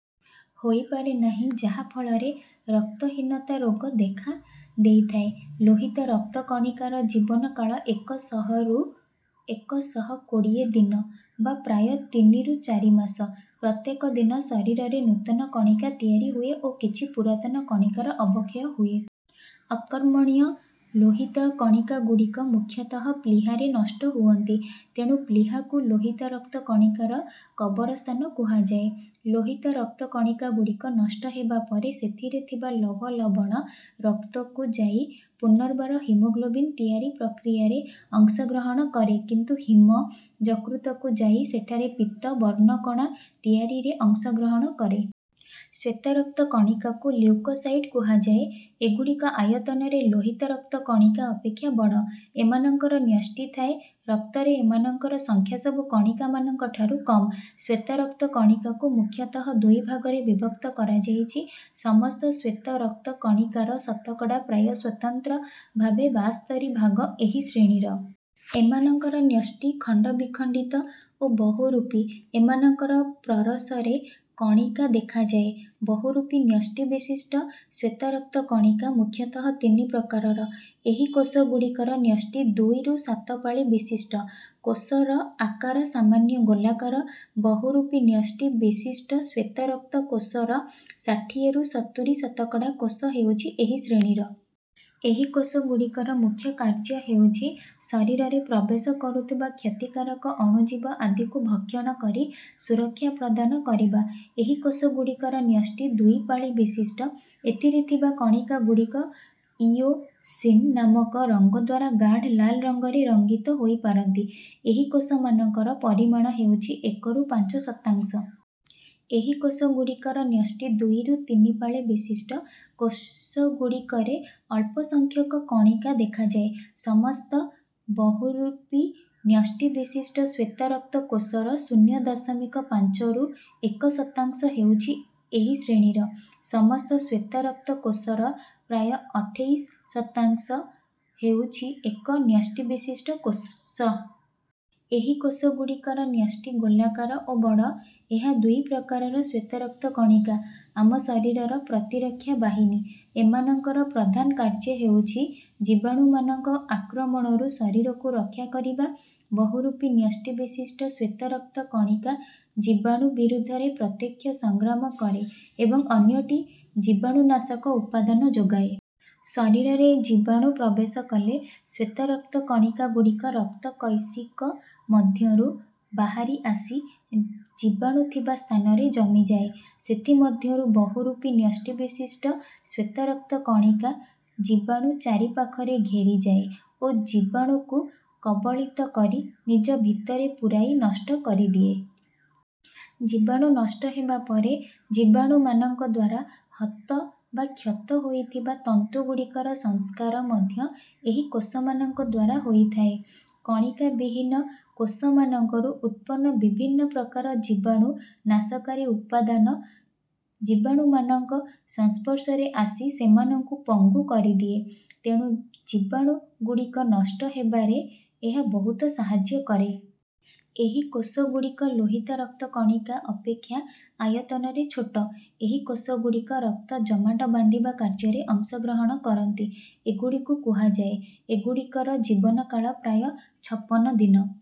ହୋଇପାରେ ନାହିଁ ଯାହା ଫଳରେ ରକ୍ତହୀନତା ରୋଗ ଦେଖା ଦେଇଥାଏ। ଲୋହିତ ରକ୍ତ କଣିକାର ଜୀବନକାଳ ଏକ ଶହରୁ ଏକ ଶହ କୋଡ଼ିଏ ଦିନ ବା ପ୍ରାୟ ତିନିରୁ ଚାରି ମାସ। ପ୍ରତ୍ୟେକ ଦିନ ଶରୀରରେ ନୂତନ କଣିକା ତିଆରି ହୁଏ ଓ କିଛି ପୁରାତନ କଣିକାର ଅବକ୍ଷୟ ହୁଏ। ଅକର୍ମଣ୍ୟ ଲୋହିତ କଣିକାଗୁଡ଼ିକ ମୁଖ୍ୟତଃ ପ୍ଳୀହାରେ ନଷ୍ଟ ହୁଅନ୍ତି। ତେଣୁ ପ୍ଳୀହାକୁ ଲୋହିତରକ୍ତ କଣିକାର କବରସ୍ଥାନ କୁହାଯାଏ। ଲୋହିତରକ୍ତ କଣିକାଗୁଡ଼ିକ ନଷ୍ଟ ହେବାପରେ ସେଥିରେ ଥିବା ଲୌହଲବଣ ରକ୍ତକୁ ଯାଇ ପୁନର୍ବାର ହିମୋଗ୍ଲୋବିନ ତିଆରି ପ୍ରକ୍ରିୟାରେ ଅଂଶଗ୍ରହଣ କରେ କିନ୍ତୁ ହିମ ଯକୃତକୁ ଯାଇ ସେଠାରେ ପିତ୍ତ ବର୍ଣ୍ଣକଣା ତିଆରିରେ ଅଂଶଗ୍ରହଣ କରେ। ଶ୍ୱେତ ରକ୍ତ କଣିକାକୁ ଲିଉକୋସାଇଟ କୁହାଯାଏ। ଏଗୁଡ଼ିକ ଆୟତନରେ ଲୋହିତ ରକ୍ତ କଣିକା ଅପେକ୍ଷା ବଡ଼। ଏମାନଙ୍କର ନ୍ୟଷ୍ଟି ଥାଏ। ରକ୍ତରେ ଏମାନଙ୍କର ସଂଖ୍ୟାସବୁ କଣିକାମାନଙ୍କ ଠାରୁ କମ। ଶ୍ୱେତ ରକ୍ତ କଣିକାକୁ ମୁଖ୍ୟତଃ ଦୁଇ ଭାଗରେ ବିଭକ୍ତ କରାଯାଇଛି ସମସ୍ତ ଶ୍ୱେତ ରକ୍ତ କଣିକାର ଶତକଡ଼ା ପ୍ରାୟ ସ୍ୱତନ୍ତ୍ର ଭାବେ ବାସ୍ତରି ଭାଗ ଏହି ଶ୍ରେଣୀର। ଏମାନଙ୍କର ନ୍ୟଷ୍ଟି ଖଣ୍ଡବିଖଣ୍ଡିତ ଓ ବହୁରୂପୀ। ଏମାନଙ୍କର ପ୍ରରସ ରେ କଣିକା ଦେଖାଯାଏ। ବହୁରୂପୀ ନ୍ୟଷ୍ଟିବିଶିଷ୍ଟ ଶ୍ୱେତ ରକ୍ତ କଣିକା ମୁଖ୍ୟତଃ ତିନି ପ୍ରକାରର ଏହି କୋଷଗୁଡ଼ିକର ନ୍ୟଷ୍ଟି ଦୁଇରୁ ସାତ ପାଳି ବିଶିଷ୍ଟ। କୋଷର ଆକାର ସାମାନ୍ୟ ଗୋଲାକାର। ବହୁରୂପୀ ନ୍ୟଷ୍ଟି ବିଶିଷ୍ଟ ଶ୍ୱେତ ରକ୍ତ କୋଷର ଷାଠିଏରୁ ସତୁରି ଶତକଡ଼ା କୋଷ ହେଉଛି ଏହି ଶ୍ରେଣୀର। ଏହି କୋଷଗୁଡ଼ିକର ମୁଖ୍ୟ କାର୍ଯ୍ୟ ହେଉଛି ଶରୀରରେ ପ୍ରବେଶ କରୁଥିବା କ୍ଷତିକାରକ ଅଣୁଜୀବ ଆଦିକୁ ଭକ୍ଷଣ କରି ସୁରକ୍ଷା ପ୍ରଦାନ କରିବା। ଏହିକୋଷଗୁଡ଼ିକର ନ୍ୟଷ୍ଟି ଦୁଇ ପାଳି ବିଶିଷ୍ଟ। ଏଥିରେ ଥିବା କଣିକାଗୁଡ଼ିକ ଇଓସିନ ନାମକ ରଙ୍ଗଦ୍ୱାରା ଗାଢ଼ ଲାଲ ରଙ୍ଗରେ ରଙ୍ଗିତ ହୋଇପାରନ୍ତି। ଏହି କୋଷମାନଙ୍କର ପରିମାଣ ହେଉଛି ଏକରୁ ପାଞ୍ଚ ଶତାଂଶ। ଏହି କୋଷଗୁଡ଼ିକର ନ୍ୟଷ୍ଟି ଦୁଇରୁ ତିନି ପାଳି ବିଶିଷ୍ଟ। କୋଷଗୁଡ଼ିକରେ ଅଳ୍ପ ସଂଖ୍ୟକ କଣିକା ଦେଖାଯାଏ। ସମସ୍ତ ବହୁରୂପୀ ନ୍ୟଷ୍ଟିବିଶିଷ୍ଟ ଶ୍ୱେତରକ୍ତ କୋଷର ଶୂନ ଦଶମିକ ପାଞ୍ଚରୁ ଏକ ଶତାଂଶ ହେଉଛି ଏହି ଶ୍ରେଣୀର। ସମସ୍ତ ଶ୍ୱେତ ରକ୍ତ କୋଷର ପ୍ରାୟ ଅଠେଇଶ ଶତାଂଶ ହେଉଛି ଏକ ନ୍ୟଷ୍ଟିବିଶିଷ୍ଟ କୋଷ। ଏହି କୋଷଗୁଡ଼ିକର ନ୍ୟଷ୍ଟି ଗୋଲାକାର ଓ ବଡ଼। ଏହା ଦୁଇ ପ୍ରକାରର ଶ୍ୱେତ ରକ୍ତ କଣିକା ଆମ ଶରୀରର ପ୍ରତିରକ୍ଷା ବାହିନୀ। ଏମାନଙ୍କର ପ୍ରଧାନ କାର୍ଯ୍ୟ ହେଉଛି ଜୀବାଣୁମାନଙ୍କ ଆକ୍ରମଣରୁ ଶରୀରକୁ ରକ୍ଷା କରିବା। ବହୁରୂପୀ ନ୍ୟଷ୍ଟି ବିଶିଷ୍ଟ ଶ୍ୱେତ ରକ୍ତକଣିକା ଜୀବାଣୁ ବିରୁଦ୍ଧରେ ପ୍ରତ୍ୟକ୍ଷ ସଂଗ୍ରାମ କରେ ଏବଂ ଅନ୍ୟଟି ଜୀବାଣୁନାଶକ ଉପାଦାନ ଯୋଗାଏ। ଶରୀରରେ ଜୀବାଣୁ ପ୍ରବେଶ କଲେ ଶ୍ୱେତ ରକ୍ତ କଣିକାଗୁଡ଼ିକ ରକ୍ତ କୈଶିକ ମଧ୍ୟରୁ ବାହାରି ଆସି ଜୀବାଣୁ ଥିବା ସ୍ଥାନରେ ଜମିଯାଏ। ସେଥିମଧ୍ୟରୁ ବହୁରୂପୀ ନ୍ୟଷ୍ଟିବିଶିଷ୍ଟ ଶ୍ୱେତ ରକ୍ତ କଣିକା ଜୀବାଣୁ ଚାରିପାଖରେ ଘେରିଯାଏ ଓ ଜୀବାଣୁକୁ କବଳିତ କରି ନିଜ ଭିତରେ ପୁରାଇ ନଷ୍ଟ କରିଦିଏ। ଜୀବାଣୁ ନଷ୍ଟ ହେବାପରେ ଜୀବାଣୁମାନଙ୍କଦ୍ୱାରା ହତ ବା କ୍ଷତ ହୋଇଥିବା ତନ୍ତୁଗୁଡ଼ିକର ସଂସ୍କାର ମଧ୍ୟ ଏହି କୋଷମାନଙ୍କଦ୍ୱାରା ହୋଇଥାଏ। କଣିକାବିହୀନ କୋଷମାନଙ୍କରୁ ଉତ୍ପନ୍ନ ବିଭିନ୍ନ ପ୍ରକାର ଜୀବାଣୁ ନାଶକାରୀ ଉପାଦାନ ଜୀବାଣୁମାନଙ୍କ ସଂସ୍ପର୍ଶରେ ଆସି ସେମାନଙ୍କୁ ପଙ୍ଗୁ କରିଦିଏ। ତେଣୁ ଜୀବାଣୁଗୁଡ଼ିକ ନଷ୍ଟ ହେବାରେ ଏହା ବହୁତ ସାହାଯ୍ୟ କରେ। ଏହି କୋଷଗୁଡ଼ିକ ଲୋହିତ ରକ୍ତ କଣିକା ଅପେକ୍ଷା ଆତୟନରେ ଛୋଟ। ଏହି କୋଷଗୁଡ଼ିକ ରକ୍ତ ଜମାଟ ବାନ୍ଧିବା କାର୍ଯ୍ୟରେ ଅଂଶଗ୍ରହଣ କରନ୍ତି। ଏଗୁଡ଼ିକୁ କୁହାଯାଏ। ଏଗୁଡ଼ିକର ଜୀବନକାଳ ପ୍ରାୟ ଛପନ ଦିନ।